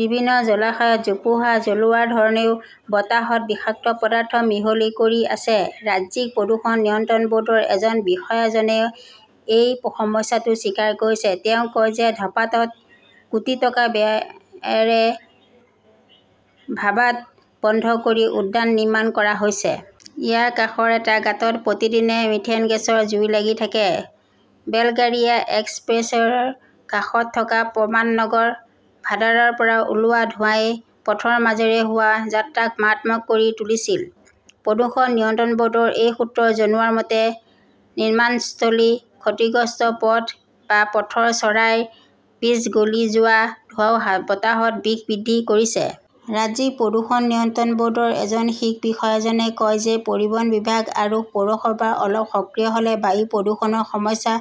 বিভিন্ন জলাশয়ত জোপোহা জ্বলোৱাৰ ধৰণেও বতাহত বিষাক্ত পদাৰ্থ মিহলি কৰি আছে। ৰাজ্যিক প্ৰদূষণ নিয়ন্ত্ৰণ বৰ্ডৰ এজন বিষয়াজনেও এই সমস্যাটো স্বীকাৰ কৰিছে। তেওঁ কয় যে ধপাতাত কোটি টকা ব্যয়েৰে ভাৱাড বন্ধ কৰি উদ্যান নিৰ্মাণ কৰা হৈছে। ইয়াৰ কাষৰ এটা গাঁতত প্ৰতিদিনে মিথেন গেছৰ জুই লাগি থাকে। বেলগাৰিয়া এক্সপ্ৰেছ'ৰ কাষত থকা প্ৰমান নগৰ ভাদাৰৰ পৰা ওলোৱা ধোঁৱাই পথৰ মাজেৰে হোৱা যাত্ৰাক মাৰাত্মক কৰি তুলিছিল। প্ৰদূষণ নিয়ন্ত্ৰণ বৰ্ডৰ এটা সূত্ৰই জনোৱা মতে, নিৰ্মাণস্থলী, ক্ষতিগ্ৰস্ত পথ বা পথৰ চাৰাইৰ পিচ গলি যোৱা ধোঁৱাও বতাহত বিষ বৃদ্ধি কৰিছে। ৰাজ্যিক প্ৰদূষণ নিয়ন্ত্ৰণ বৰ্ডৰ এজন শীৰ্ষ বিষয়াজনে কয় যে পৰিবহণ বিভাগ আৰু পৌৰসভাবোৰ অলপ সক্ৰিয় হলে বায়ু প্ৰদূষণৰ সমস্যা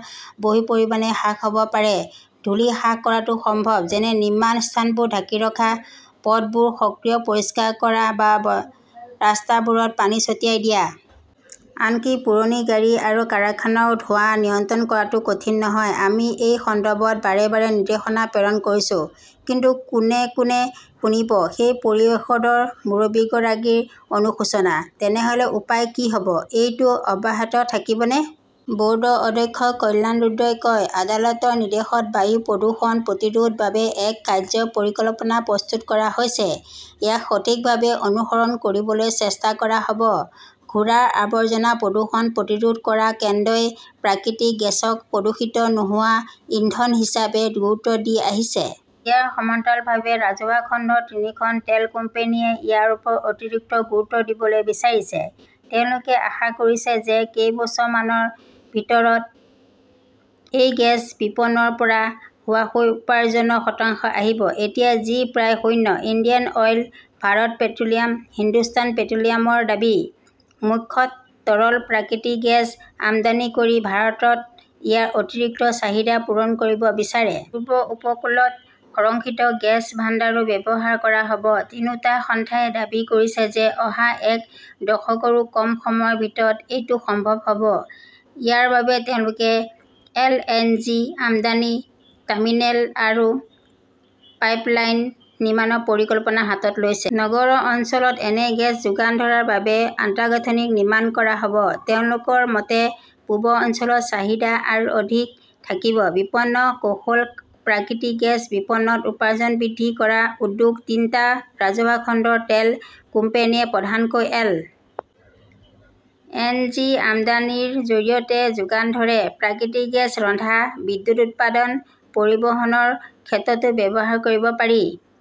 বহু পৰিমাণে হ্ৰাস হব পাৰে। ধুলি হ্ৰাস কৰাটো সম্ভৱ, যেনে নিৰ্মাণ স্থানবোৰ ঢাকি ৰখা, পথবোৰ সঠিকভাৱে পৰিষ্কাৰ কৰা বা ৰাস্তাবোৰত পানী ছটিয়াই দিয়া। আনকি পুৰণি গাড়ী আৰু কাৰখানাৰ ধোঁৱাও নিয়ন্ত্ৰণ কৰাটো কঠিন নহয়। আমি এই সন্দৰ্ভত বাৰে বাৰে নিৰ্দেশনা প্ৰেৰণ কৰিছো। কিন্তু কোনে কোনে শুনিব, সেই পৰিষদৰ মুৰব্বীগৰাকীৰ অনুশোচনা। তেনেহলে উপায় কি হব? এইটো অব্যাহত থাকিবনে? বৰ্ডৰ অধ্যক্ষ কল্যাণ ৰুদ্ৰই কয়, আদালতৰ নিৰ্দেশত বায়ু প্ৰদূষণ প্ৰতিৰোধৰ বাবে এক কাৰ্য্য পৰিকল্পনা প্ৰস্তুত কৰা হৈছে। ইয়াক সঠিকভাৱে অনুসৰণ কৰিবলৈ চেষ্টা কৰা হ'ব। ঘোঁৰাৰ আৱৰ্জনাৰ প্ৰদূষণ প্ৰতিৰোধ কৰা কেন্দ্ৰই প্ৰাকৃতিক গেছক প্ৰদূষিত নোহোৱা ইন্ধন হিচাপে গুৰুত্ব দি আহিছে। ইয়াৰ সমান্তৰালভাৱে ৰাজহুৱা খণ্ডৰ তিনিখন তেল কোম্পানীয়ে ইয়াৰ ওপৰত অতিৰিক্ত গুৰুত্ব দিবলৈ বিচাৰিছে। তেওঁলোকে আশা কৰিছে যে কেইবছৰমানৰ ভিতৰতে এই গেছ বিপণনৰ পৰা হোৱা উপাৰ্জনৰ শতাংশ আহিব। এতিয়া যি প্ৰায় শূন্য। Indian Oil, Bharat Petroleum, Hindustan পেট্ৰলিয়ামৰ দাবী, মুখ্যতঃ তৰল প্ৰাকৃতিক গেছ আমদানি কৰি ভাৰতত ইয়াৰ অতিৰিক্ত চাহিদা পূৰণ কৰিব বিচাৰে। পূব উপকূলত সংৰক্ষিত গেছ ভাণ্ডাৰো ব্যৱহাৰ কৰা হব। তিনিওটা সংস্থাই দাবী কৰিছে যে অহা এক দশকৰো কম সময়ৰ ভিতৰত এইটো সম্ভৱ হ'ব। ইয়াৰ বাবে তেওঁলোকে এলএনজি আমদানি টাৰ্মিনেল আৰু পাইপলাইন নিৰ্মাণৰ পৰিকল্পনা হাতত লৈছে। নগৰ অঞ্চলত এনে গেছ যোগান ধৰাৰ বাবে আন্তঃগাঁথনি নিৰ্মাণ কৰা হব। তেওঁলোকৰ মতে, পূব অঞ্চলত চাহিদা অধিক থাকিব। বিপণন কৌশল; প্ৰাকৃতিক গেছ বিপণনত উপাৰ্জন বৃদ্ধি কৰাৰ উদ্যোগ তিনিটা ৰাজহুৱা খণ্ডৰ তেল কোম্পানীয়ে প্ৰধানকৈ এল. এন. জি. আমদানিৰ জৰিয়তে যোগান ধৰে। প্ৰাকৃতিক গেছ ৰন্ধা, বিদ্যুৎ উৎপাদন, পৰিবহণৰ ক্ষেত্ৰতো ব্যৱহাৰ কৰিব পাৰি।